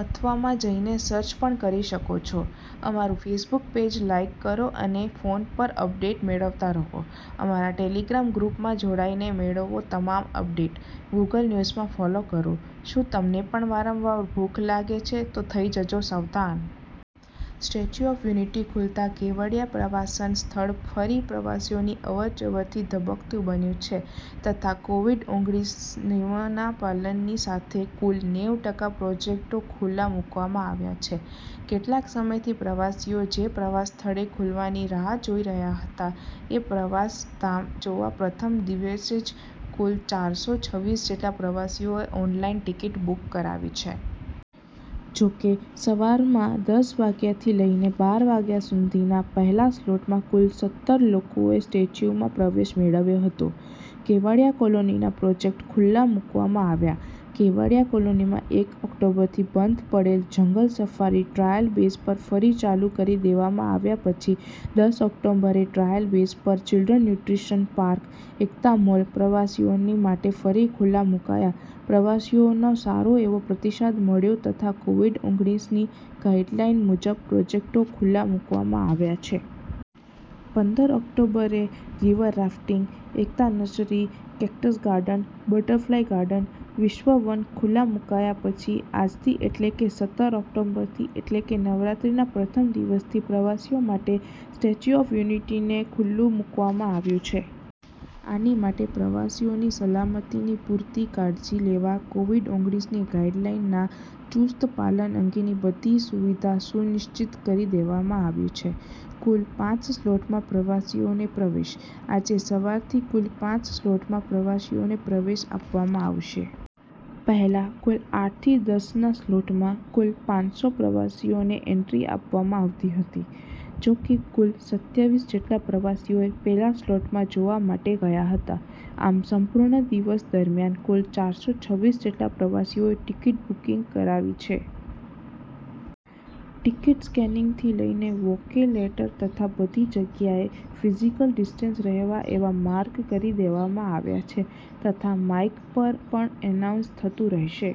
અથવા માં જઈને સર્ચ પણ કરી શકો છો. અમારું ફેસબુક પેજ લાઈક કરો અને ફોન પર અપડેટ્સ મેળવતા રહો. અમારા ટેલીગ્રામ ગ્રુપ માં જોડાઈને મેળવો તમામ અપડેટ, ગુગલ ન્યુઝમાં ફોલો કરો, શું તમને પણ વારંવાર ભૂખ લાગે છે તો થઈ જજો સાવધાન! 'સ્ટેચ્યુ ઓફ યુનિટી' ખુલતા કેવડિયા પ્રવાસન સ્થળ ફરી પ્રવાસીઓની અવરજવરથી ધબકતું બન્યું છે તથા કોવિડ ઓગણીસ નિયમોના પાલનની સાથે કુલ નેવ ટકા પ્રોજેક્ટો ખુલ્લા મુકવામાં આવ્યાં છે. કેટલાંક સમયથી પ્રવાસીઓ જે પ્રવાસ સ્થળે ખુલવાની રાહ જોઈ રહ્યાં હતાં એ પ્રવાસ સ્થામ જોવા પ્રથમ દિવસે જ કુલ ચારસો છવીસ જેટલા પ્રવાસીઓએ ઓનલાઇન ટિકિટ બુક કરાવી છે. જો કે, સવારમાં દસ વાગ્યાંથી લઈને બાર વાગ્યાં સુધીના પહેલાં સ્લોટમાં કુલ સત્તર લોકોએ સ્ટેચ્યુમાં પ્રવેશ મેળવ્યો હતો. કેવડિયા કોલોનીનાં પ્રોજેક્ટ ખુલ્લા મુકવામાં આવ્યાં: કેવડિયા કોલોનીમાં એક ઓક્ટોબરથી બંધ પડેલ જંગલ સફારી ટ્રાયલ બેઝ પર ફરી ચાલુ કરી દેવામાં આવ્યા પછી દસ ઓક્ટોબરે ટ્રાયલ બેઝ પર children nutrition park, Ekta mall પ્રવાસીઓની માટે ફરી ખુલ્લાં મુકાયા પ્રવાસીઓનો સારો એવો પ્રતિસાદ મળ્યો તથા કોવિડ ઓગણીસ ની ગાઇડલાઇન મુજબ પ્રોજેક્ટો ખુલ્લા મુકવામાં આવ્યાં છે. પંદર ઓક્ટોબરે રિવર રાફટિંગ, એકતા nursery, cactus garden, butterfly garden, વિશ્વ વન ખુલ્લા મુકાયા પછી આજથી એટલે કે, સત્તર ઓક્ટોબરથી એટલે કે નવરાત્રીના પ્રથમ દિવસથી પ્રવાસીઓ માટે 'સ્ટેચ્યુ ઓફ યુનિટી'ને ખુલ્લું મૂકવામાં આવ્યું છે. આની માટે પ્રવાસીઓની સલામતિની પૂરતી કાળજી લેવા કોવિડ ઓગણીસની ગાઈડલાઈનના ચુસ્ત પાલન અંગેની બધી સુવિધા સુનિશ્ચિત કરી દેવામાં આવ્યુ છે. કુલ પાંચ સ્લોટમાં પ્રવાસીઓને પ્રવેશ: આજે સવારથી કુલ પાંચ સ્લોટમાં પ્રવાસીઓને પ્રવેશ આપવામાં આવશે. પહેલા કુલ આઠ થી દસ ના સ્લોટમાં કુલ પાંસો પ્રવાસીઓને એન્ટ્રી આપવામાં આવતી હતી. જો કે, કુલ સત્યાવીસ જેટલા પ્રવાસીઓ પહેલાં સ્લોટમાં જોવા માટે ગયા હતા. આમ, સંપૂર્ણ દિવસ દરમિયાન કુલ ચારસો છવીસ જેટલા પ્રવાસીઓએ ટિકિટ બુકિંગ કરાવી છે. ટિકિટ સ્કેનિંગથી લઈને વોકે લેટર તથા બધી જગ્યાએ ફિઝિકલ ડિસ્ટન્સ રહે એવા માર્ક કરી દેવામાં આવ્યા છે તથા માઈક પર પણ એનાઉન્સ થતું રહેશે.